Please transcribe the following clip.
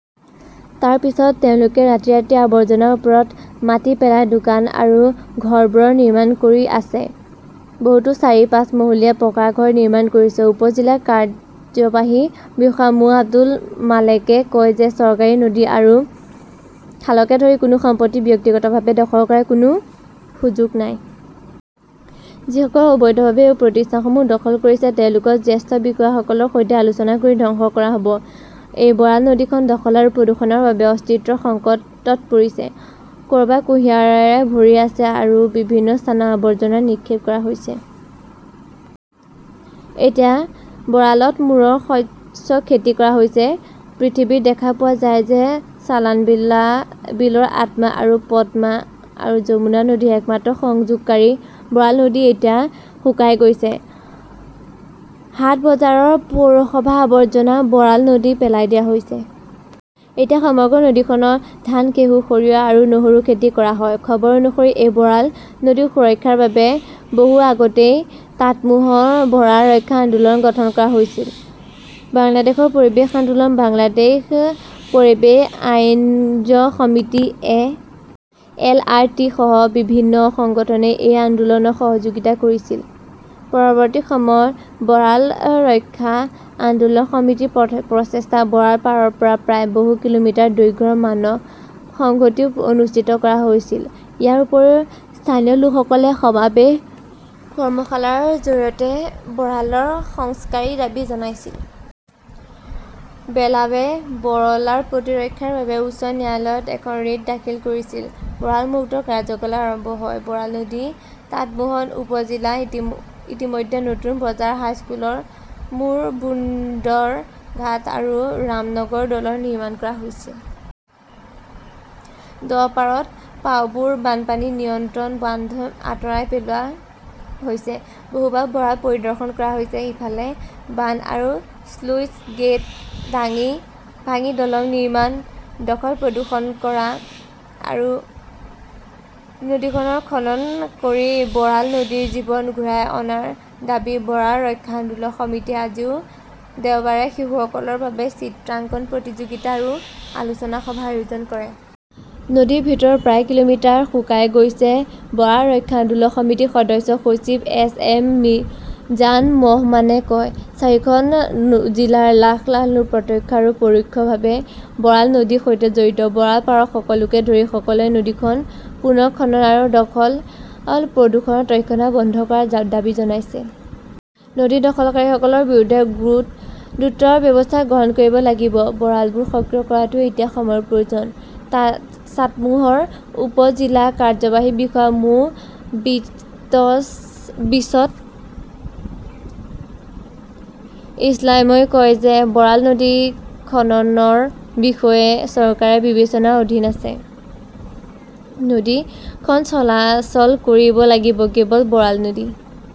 তাৰ পিছত তেওঁলোকে ৰাতিৰাতি আৱৰ্জনাৰ ওপৰত মাটি পেলাই দোকান আৰু ঘৰবোৰ নিৰ্মাণ কৰি আছে। বহুতে চাৰি-পাঁচ মহলীয়া পাকা ঘৰ নিৰ্মাণ কৰিছে। উপ-জিলা কাৰ্যবাহী বিষয়া মো. আব্দুল মালেকে কয় যে চৰকাৰী নদী আৰু খালকে ধৰি কোনো সম্পত্তি ব্যক্তিগতভাৱে দখল কৰাৰ কোনো সুযোগ নাই। যিসকলে অবৈধভাৱে এই প্ৰতিষ্ঠানসমূহ দখল কৰিছে তেওঁলোকক জ্যেষ্ঠ বিষয়াসকলৰ সৈতে আলোচনা কৰি ধ্বংস কৰা হ'ব। এই বৰাল নদীখন দখল আৰু প্ৰদূষণৰ বাবে অস্তিত্বৰ সংকটত পৰিছে। ক'ৰবাত কুঁহিয়াৰেৰে ভৰি আছে আৰু বিভিন্ন স্থানত আৱৰ্জনা নিক্ষেপ কৰা হৈছে। এতিয়া বৰালৰ মূৰত শস্য খেতি কৰা হৈছে। পৃথিৱীত দেখা পোৱা যায় যে চলানবিলৰ আত্মা আৰু পদ্মা আৰু যমুনা নদীৰ একমাত্ৰ সংযোগকাৰী বৰাল নদী এতিয়া শুকাই গৈছে। হাট-বজাৰৰ, পৌৰসভাৰ আৱৰ্জনা বৰাল নদীত পেলাই দিয়া হৈছে। এতিয়া সমগ্ৰ নদীখনত ধান, ঘেঁহু, সৰিয়হ আৰু নহৰু খেতি কৰা হয়। খবৰ অনুসৰি এই বৰাল নদীৰ সুৰক্ষাৰ বাবে বহুত আগতেই চাটমোহত বৰাল ৰক্ষা আন্দোলন গঠন কৰা হৈছিল। বাংলাদেশৰ পৰিৱেশ আন্দোলন, বাংলাদেশ পৰিৱেশ আইনজ সমিতি, এ. এল. আৰ. ডি. সহ বিভিন্ন সংগঠনে এই আন্দোলনত সহযোগিতা কৰিছিল। পৰৱৰ্তী সময়ত বৰাল ৰক্ষা আন্দোলন সমিতিৰ প্ৰচেষ্টাত বৰাল পাৰৰ পৰা প্ৰায় বহু কিলোমিটাৰ দৈৰ্ঘ্যৰ মানৱ সংহতিও অনুষ্ঠিত কৰা হৈছিল। ইয়াৰ উপৰিও, স্থানীয় লোকসকলে সমাৱেশ, কৰ্মশালাৰ জৰিয়তে বৰালৰ সংস্কাৰী দাবী জনাইছিল। বেলাৱে বৰালৰ প্ৰতিৰক্ষাৰ বাবে উচ্চ ন্যায়ালয়ত এখন ৰিট দাখিল কৰিছিল। বৰাল মুক্ত কাৰ্যকলাপ আৰম্ভ হয়। বৰাল নদীৰ চাটমোহৰ উপ জিলাত ইতিমধ্যে নতুন বজাৰ হাইস্কুল মোৰ বোন্দৰ ঘাট আৰু ৰামনগৰ দলং নিৰ্মাণ কৰা হৈছে। দহপাৰাত পাউবোৰ বানপানী নিয়ন্ত্ৰণ বান্ধ আঁতৰাই পেলোৱা হৈছে। বহুবাৰ বাৰাল পৰিদৰ্শন কৰা হৈছে। ইফালে, বান্ধ আৰু শ্লুইচ গেট ভাঙি দলং নিৰ্মাণ, দখল-প্ৰদূষণ কৰা আৰু নদীখনৰ খনন কৰি বৰাল নদীত জীৱন ঘূৰাই অনাৰ দাবীত বৰাল ৰক্ষা আন্দোলন সমিতিয়ে আজি দেওবাৰে শিশুসকলৰ বাবে চিত্ৰাংকন প্ৰতিযোগিতা আৰু আলোচনা সভাৰ আয়োজন কৰে। নদীৰ ভিতৰত প্ৰায় কিলোমিটাৰ শুকাই গৈছে, বৰাল ৰক্ষা আন্দোলন সমিতিৰ সদস্য সচিব এছ এম মিজান মহমানে কয়। চাৰিখন জিলাৰ লাখ লাখ লোক প্ৰত্যক্ষ বা পৰোক্ষভাৱে বৰাল নদীৰ সৈতে জড়িত। বৰাল পাৰৰ সকলোকে ধৰি সকলোৱে নদীখনৰ পুনৰ খনন আৰু দখল-প্ৰদূষণ তৎক্ষণাত বন্ধ কৰাৰ দাবী জনাইছে। নদী দখলকাৰীসকলৰ বিৰুদ্ধে দ্ৰুত ব্যৱস্থা গ্ৰহণ কৰিব লাগিব। বৰালবোৰ সক্ৰিয় কৰাটো এতিয়া সময়ৰ প্ৰয়োজন। চাটমোহৰ উপ-জিলা কাৰ্যবাহী বিষয়া মো. বিচট ইছলামই কয় যে বৰাল নদী খননৰ বিষয়টো চৰকাৰৰ বিবেচনাৰ অধীনত আছে। নদীখন চলাচল কৰিব লাগিব। কেৱল বৰাল নদী